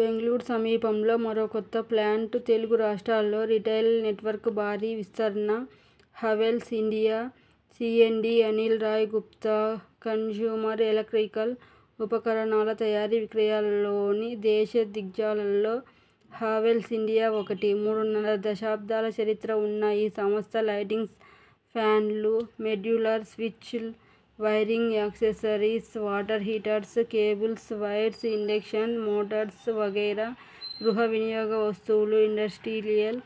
బెంగళూరు సమీపంలో మరో కొత్త ప్లాంట్ తెలుగు రాష్ట్రాల్లో రిటైల్ నెట్వర్క్ భారీ విస్తరణ Havells India C M D Anil Rai Gupta consumer electrical ఉపకరణాల తయారీ విక్రయాల్లోని దేశీ దిగ్గ జాల్లో హావెల్స్ ఇండియా ఒకటి. మూడున్నర దశాబ్దాల చరిత్ర ఉన్న ఈ సంస్థ లైటింగ్స్, ఫాన్లు, మోడ్యులర్ స్విచ్లు, wiring accessories, water heaters, cables, wires, induction motors వగైరా గృహ వినియోగ వస్తువులు, ఇండస్ట్రియల్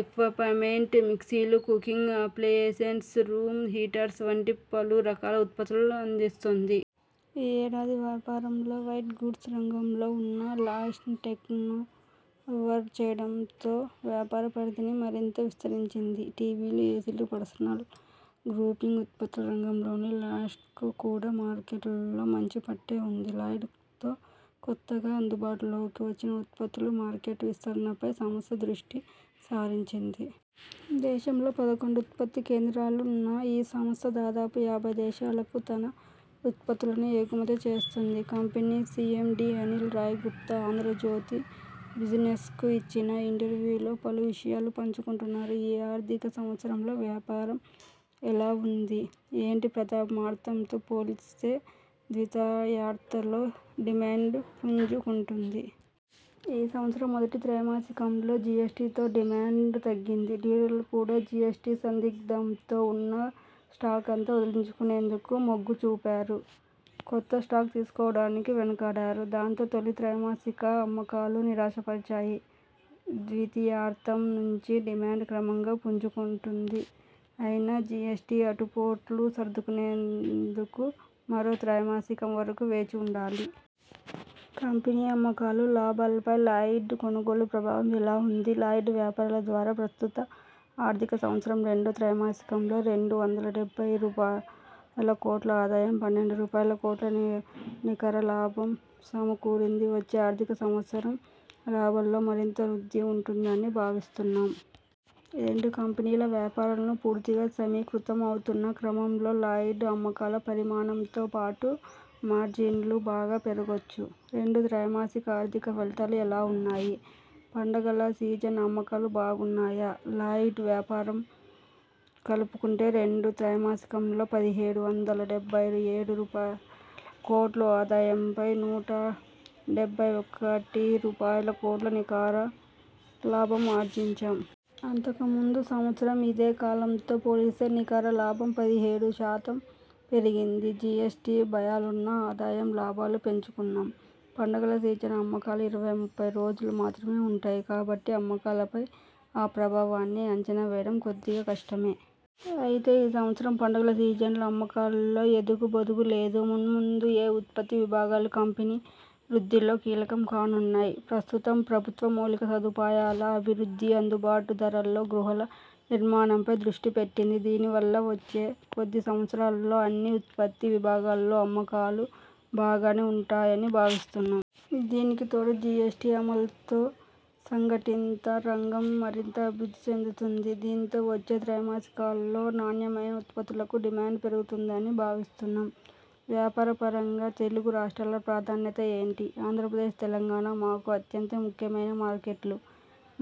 ఎక్వి్పమెంట్, మిక్సీలు, కుకింగ్ అప్లయెన్సెస్, రూమ్ హీటర్స్ వంటి పలు రకాల ఉత్పత్తులను అందిస్తోంది. ఈ ఏడాది ప్రారంభంలో వైట్ గూడ్స్ రంగంలో ఉన్న లాయిడ్స్ను టేకోవర్ చేయడంతో వ్యాపార పరిధిని మరింత విస్తరించింది. టీవీలు, ఏసీలు, పర్సనల్ గ్రూమింగ్ ఉత్పత్తుల రంగంలోని లాయిడ్స్కు కూడా మార్కెట్లో మంచి పట్టే ఉంది. లాయిడ్ తో కొత్తగా అందుబాటులోకి వచ్చిన ఉత్పత్తుల మార్కెట్ విస్తరణపై సంస్థ దృష్టి సారించింది. దేశంలో పదకొండు ఉత్పత్తి కేంద్రాలున్న ఈ సంస్థ దాదాపు యాభై దేశాలకు తన ఉత్పత్తులను ఎగమతి చేస్తోంది. కంపెనీ సిఎండి అనిల్ రాయ్ గుప్తా 'ఆంధ్రజ్యోతి బిజినె్స'కు ఇచ్చిన ఇంటర్వ్యూలో పలు విషయాలను పంచుకున్నారు. ఈ ఆర్థిక సంవత్సరంలో వ్యాపారం ఎలా ఉంది? ఏటా ప్రథమార్ధంతో పోలిస్తే ద్వితాయార్ధంలో డిమాండ్ పుంజు కుంటుంది. ఈ సంవత్సరం మొదటి త్రైమాసికంలో జీఎస్టీతో డిమాండ్ తగ్గింది. డీలర్లు కూడా జిఎ్సటి సందిగ్ధంతో ఉన్న స్టాకంతా వదిలించుకునేందుకే మొగ్గు చూపారు. కొత్త స్టాక్ తీసుకోవడానికి వెనుకాడారు. దాంతో తొలి త్రైమాసిక అమ్మకాలు నిరాశపరిచాయి ద్వితీయార్ధం నుంచి డిమాండ్ క్రమంగా పుంజు కుంటోంది. అయినా జిఎ్సటి ఆటు పోట్లు సర్దుకునేందుకు మరో త్రైమాసికం వరకు వేచి చూడాలి. కంపెనీ అమ్మకాలు, లాభాలపై 'లాయిడ్' కొనుగోలు ప్రభావం ఎలా ఉంది? లాయిడ్ వ్యాపారాల ద్వారా ప్రస్తుత ఆర్థిక సంవత్సరం రెండో త్రైమాసికంలో రెండు వందల డెబ్బై రూపాయల కోట్ల ఆదాయం, పన్నెండు రూపాయల కోట్ల నీ నికర లాభం సమకూరింది. వచ్చే ఆర్థిక సంవత్సరం రాబడుల్లో మరింత వృద్ధి ఉంటుందని భావిస్తున్నాం. రెండు కంపెనీల వ్యాపారాలను పూర్తిగా సమీకృతం అవుతున్న క్రమంలో లాయిడ్ అమ్మకాల పరిణామంతో పాటు మార్జిన్లు బాగా పెరగొచ్చు. రెండో త్రైమాసిక ఆర్థిక ఫలితాలు ఎలా ఉన్నాయి? పండగల సీజన్ అమ్మకాలు బాగున్నాయా? లాయిడ్ వ్యాపారం కలుపుకుంటే రెండో త్రైమాసికంలో పదిహేడు వందల డెబ్బై ఏడు రూపాయలుకోట్ల ఆదాయంపై నూట డెబ్బై ఒకటి రూపాయల కోట్ల నికర లాభం ఆర్జించాం. అంతకు ముందు సంవత్సరం ఇదే కాలంతో పోలిస్తే నికర లాభం పదిహేడు శాతం పెరిగింది. జిఎ్సటి భయాలున్నా ఆదాయం, లాభాలు పెంచుకున్నాం. పండగల సీజన్ అమ్మకాలు ఇరవై ముప్పై రోజులు మాత్రమే ఉంటాయి. కాబట్టి అమ్మకాల పై ఆ ప్రభావాన్ని అంచనా వేయడం కొద్దిగా కష్టమే. అయితే ఈ సంవత్సరం పండగల సీజన్లో అమ్మకాల్లో ఎదుగూ బొదుగు లేదు. మున్ముందు ఏ ఉత్పత్తి విభాగాలు కంపెనీ వృద్ధిలో కీలకం కానున్నాయి? ప్రస్తుతం ప్రభుత్వం మౌలిక సదుపాయాల అభివృద్ధి, అందుబాటు ధరల్లో గృహాల నిర్మాణంపై దృష్టి పెట్టింది. దీనివల్ల వచ్చే కొద్ది సంవత్సరాల్లో అన్ని ఉత్పత్తి విభాగాల్లోనూ అమ్మకాలు బాగానే ఉంటాయని భావిస్తున్నాం. దీనికి తోడు జిఎ్సటి అమలుతో సంఘటిత రంగం మరింత అభివృద్ధి చెందుతుంది. దీంతో వచ్చే త్రైమాసికాల్లో నాణ్యమైన ఉత్పత్తులకు డిమాండ్ పెరుగుతుందని భావిస్తున్నాం. వ్యాపారపరంగా తెలుగు రాష్ట్రాల ప్రాధాన్యత ఏంటి? ఆంధ్రప్రదేశ్, తెలంగాణ మాకు అత్యంత ముఖ్యమైన మార్కెట్లు.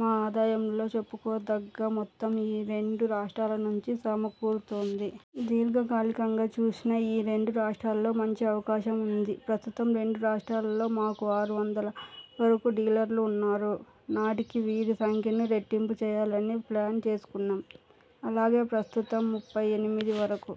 మా ఆదాయంలో చెప్పుకోదగ్గ మొత్తం ఈ రెండు రాష్ట్రాల నుంచి సమకూరుతోంది. దీర్ఘ కాలికంగా చూసినా, ఈ రెండు రాష్ట్రాల్లో మంచి అవకాశం ఉంది. ప్రస్తుతం రెండు రాష్ట్రాల్లో మాకు ఆరు వందల వరకు డీలర్లు ఉన్నారు. నాటికి వీరి సంఖ్యను రెట్టింపు చేయాలని ప్లాన్ చేస్తున్నాం. అలాగే ప్రస్తుతం ముప్పై ఎనిమిది వరకు